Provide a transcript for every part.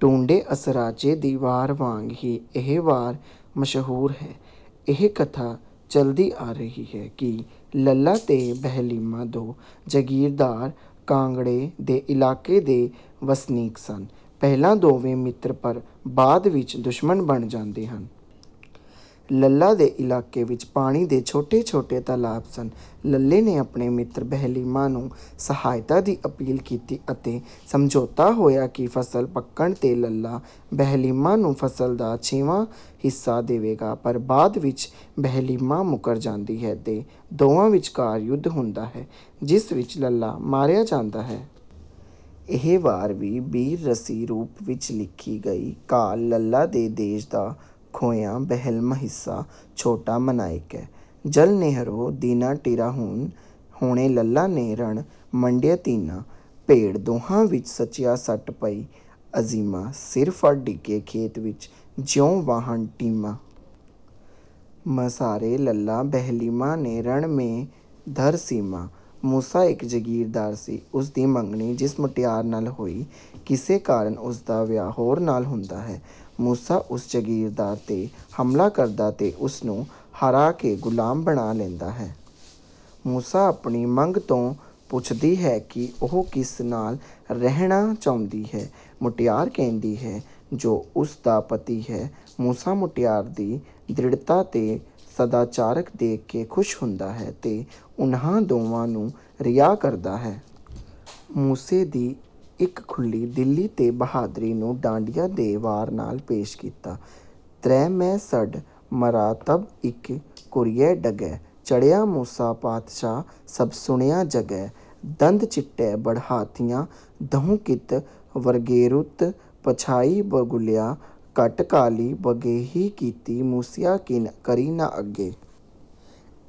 ਟੁੰਡੇ ਅਸਰਾਜੇ ਦੀ ਵਾਰ ਵਾਂਗ ਹੀ ਇਹ ਵਾਰ ਮਸ਼ਹੂਰ ਹੈ। ਇਹ ਕਥਾ ਚਲਦੀ ਆ ਰਹੀ ਹੈ ਕਿ ਲੱਲਾ ਤੇ ਬਹਿਲੀਮਾ ਦੋ ਜਗੀਰਦਾਰ ਕਾਂਗੜੇ੍ਹ ਦੇ ਇਲਾਕੇ ਦੇ ਵਸਨੀਕ ਸਨ। ਪਹਿਲਾ ਦੋਵੇਂ ਮਿੱਤਰ ਪਰ ਬਾਅਦ ਵਿੱਚ ਦੁਸ਼ਮਣ ਬਣ ਜਾਂਦੇ ਹਨ। ਲੱਲਾ ਦੇ ਇਲਾਕੇ ਵਿੱਚ ਪਾਣੀ ਦੇ ਛੋਟੇ-ਛੋਟੇ ਤਲਾਬ ਸਨ। ਲੱਲੇ ਨੇ ਆਪਣੇ ਮਿੱਤਰ ਬਹਲੀਮਾ ਨੂੰ ਸਹਾਇਤਾ ਦੀ ਅਪੀਲ ਕੀਤੀ ਅਤੇ ਸਮਝੋਤਾ ਹੋਇਆ ਕਿ ਫਸਲ ਪੱਕਣ ਤੇ ਲੱਲਾ ਬਹਿਲੀਮਾ ਨੂੰ ਫਸਲ ਦਾ ਛੇਵਾਂ ਹਿੱਸਾ ਦੇਵੇਗਾ ਪਰ ਬਾਅਦ ਵਿੱਚ ਬਹਿਲੀਮਾ ਮੁ਼ੱਕਰ ਜਾਂਦਾ ਹੈ ਤੇ ਦੋਵਾਂ ਵਿਚਕਾਰ ਯੁੱਧ ਹੁੰਦਾ ਹੈ ,ਜਿਸ ਵਿੱਚ ਲੱਲਾ ਮਾਰਿਆ ਜਾਂਦਾ ਹੈ। ਇਹ ਵਾਰ ਵੀ ਬੀਰ ਰਸੀ ਰੂਪ ਵਿੱਚ ਲਿਖੀ ਗਈ। ਕਾਲ ਲੱਲਾ ਦੇ ਦੇਸ਼ ਦਾ ਖੋਹਿਆਂ ਬਹਿਲਮਾਹਿੱਸਾ ਛੋਟਾ ਮਨਾਇੱਕੈ, ਜਲ ਨਹਿਰੋਂ ਦੀਨਾਟਿਰਾਹੁਨ ਹੋਣੇ ਲੱਲਾ ਨੇ ਰਣ ਮੰਡਿਅ ਧੀਨਾ। ਭੇੜ ਦੋਹਾਂ ਵਿੱਚ ਸੱਚਿਆ ਸੱਟ ਪਈ ਅਜੀਮਾਂ, ਸਿਰ ਫੜ੍ਹ ਡਿੱਗੇ ਖੇਤ ਵਿੱਚ ਜਿਉਂ ਵਾਹਣ ਢੀਮਾਂ। ਮਸਾਰੇ ਲੱਲਾ ਬਹਿਲੀਮਾ ਨੇ ਰਣ ਮੇ ਧਰ ਸੀਮਾ। ਮੂਸਾ ਇੱਕ ਜਗੀਰਦਾਰ ਸੀ ਉਸ ਦੀ ਮੰਗਣੀ ਜਿਸ ਮੁਟਿਆਰ ਨਾਲ ਹੋਈ, ਕਿਸੇ ਕਾਰਨ ਉਸਦਾ ਵਿਆਹ ਹੋਰ ਨਾਲ ਹੁੰਦਾ ਹੈ। ਮੂਸਾ ਉਸ ਜਗੀਰਦਾਰ ਤੇ ਹਮਲਾ ਕਰਦਾ ਤੇ ਉਸਨੂੰ ਹਰਾ ਕੇ ਗੁਲਾਮ ਬਣਾ ਲੈਂਦਾ ਹੈ। ਮੂਸਾ ਆਪਣੀ ਮੰਗ ਤੋਂ ਪੁੱਛਦਾ ਹੈ ਕਿ ਉਹ ਕਿਸ ਨਾਲ ਰਹਿਣਾ ਚਾਹੁੰਦੀ ਹੈ। ਮੁਟਿਆਰ ਕਹਿੰਦੀ ਹੈ ਜੋ ਉਸ ਦਾ ਪਤੀ ਹੈ। ਮੂਸਾ ਮੁਟਿਆਰ ਦੀ ਦ੍ਰਿੜਤਾ ਤੇ ਸਦਾਚਾਰਕ ਦੇਖ ਕੇ ਖੁਸ਼ ਹੁੰਦਾ ਹੈ, ਤੇ ਉਹਨਾਂ ਦੋਵਾਂ ਨੂੰ ਰਿਹਾਅ ਕਰਦਾ ਹੈ। ਮੂਸੇ ਦੀ ਇਸ ਖੁੱਲੀ ਦਿਲੀ ਤੇ ਬਹਾਦਰੀ ਨੂੰ ਢਾਡੀਆਂ ਨੇ ਵਾਰ ਵਿੱਚ ਪੇਸ਼ ਕੀਤਾ। ਤ੍ਰੈ ਸੈ ਸਡ ਮਰਾਤਬ ਇਕਿ ਘੁਰਿਐ ਡਗੇ। ਚੜ੍ਹਿਆ ਮੂਸਾ ਪਾਤਸ਼ਾਹ ਸਭ ਸੁਣਿਆ ਜਗੇ। ਦੰਦ ਚਿੱਟੇ ਬੜ ਹਾਥੀਆਂ ਦਹੁ ਕਿਤ ਵਰਗੇਰੁਤ ਪਛਾਟੀ ਬਗੁਲਿਆ ਘਟ ਕਾਲੀ ਬਗੇੇਏਹੀ ਕੀਤੀ ਮੂਸਿਆ ਕਿਨ ਕਰੀ ਨ ਅੱਗੇ।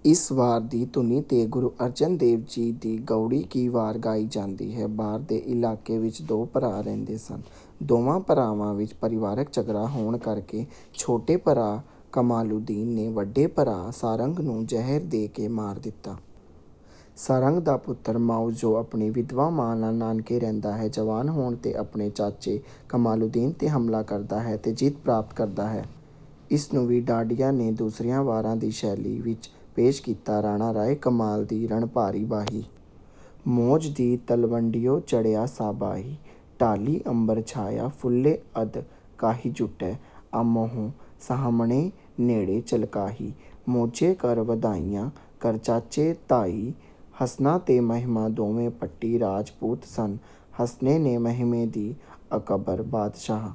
ਇਸ ਵਾਰ ਦੀ ਧੁਨੀ ਤੇ ਗੁਰੂ ਅਰਜਨ ਦੇਵ ਜੀ ਦੀ ਗਉੜ੍ਹੀ ਕੀ ਵਾਰ ਗਾਈ ਜਾਂਦੀ ਹੈ। ਬਾਰ ਦੇ ਇਲਾਕੇ ਵਿੱਚ ਦੋ ਭਰਾ ਰਹਿੰਦੇ ਸਨ। ਦੋਵਾਂ ਭਰਾਵਾਂ ਵਿੱਚ ਪਰਿਵਾਰਕ ਝਗੜ੍ਹਾ ਹੋਣ ਕਰਕੇ ਛੋਟੇ ਭਰਾ ਕਮਾਲੁਦੀਨ ਨੇ ਵੱਡੇ ਭਰਾ ਸਾਰੰਗ ਨੂੰ ਜ਼ਹਿਰ ਦੇ ਕੇ ਮਾਰ ਦਿੱਤਾ। ਸਾਰੰਗ ਦਾ ਪੁੱਤਰ ਮਉਜ਼ ਜੋ ਆਪਣੀ ਵਿਧਵਾ ਮਾਂ ਨਾਲ ਨਾਨਕੇ ਰਹਿੰਦਾ ਹੈ ਜਵਾਨ ਹੋਣ ਤੇ ਆਪਣੇ ਚਾਚੇ ਕਮਾਲੁਦੀਨ ਤੇ ਹਮਲਾ ਕਰਦਾ ਤੇ ਜਿੱਤ ਪ੍ਰਾਪਤ ਕਰਦਾ ਹੈ ਇਸਨੂੰ ਵੀ ਢਾਡੀਆਂ ਨੇ ਦੂਸਰੀਆਂ ਵਾਰਾ ਦੀ ਸੈਲੀ ਵਿੱਚ ਪੇਸ਼ ਕੀਤਾ, ਰਾਣਾ ਰਾਇ ਕਮਾਲ ਦੀ ਰਣ ਭਾਰੀ ਬਾਹੀ। ਮੌਜ਼ ਦੀ ਤਲਵੰਡੀਓ ਚੜ੍ਹਿਆਂ ਸਾਬਾਹੀ। ਢਾਲੀ ਅੰਬਰ ਛਾਇਆ ਫੁੱਲੇ ਅਦ ਕਾਹੀਜੁੱਟੇ ਆਮੋ੍ਹ ਸਾਹਮਣੇ ਨੇੜ੍ਹੇ ਝਲਕਾਹੀ। ਮੌਜੇ ਘਰ ਵਧਾਈਆਂ ਘਰ ਚਾਚੇ ਧਾਹੀ। ਹਸਨਾ ਤੇ ਮਹਿਮਾ ਦੋਵੇ ਭੱਟੀ ਰਾਜਪੂਤ ਸਨ ਹਸਨੇ ਨੇ ਮਹਿਮੇ ਦੀ ਅਕਬਰ ਬਾਦਸ਼ਾਹ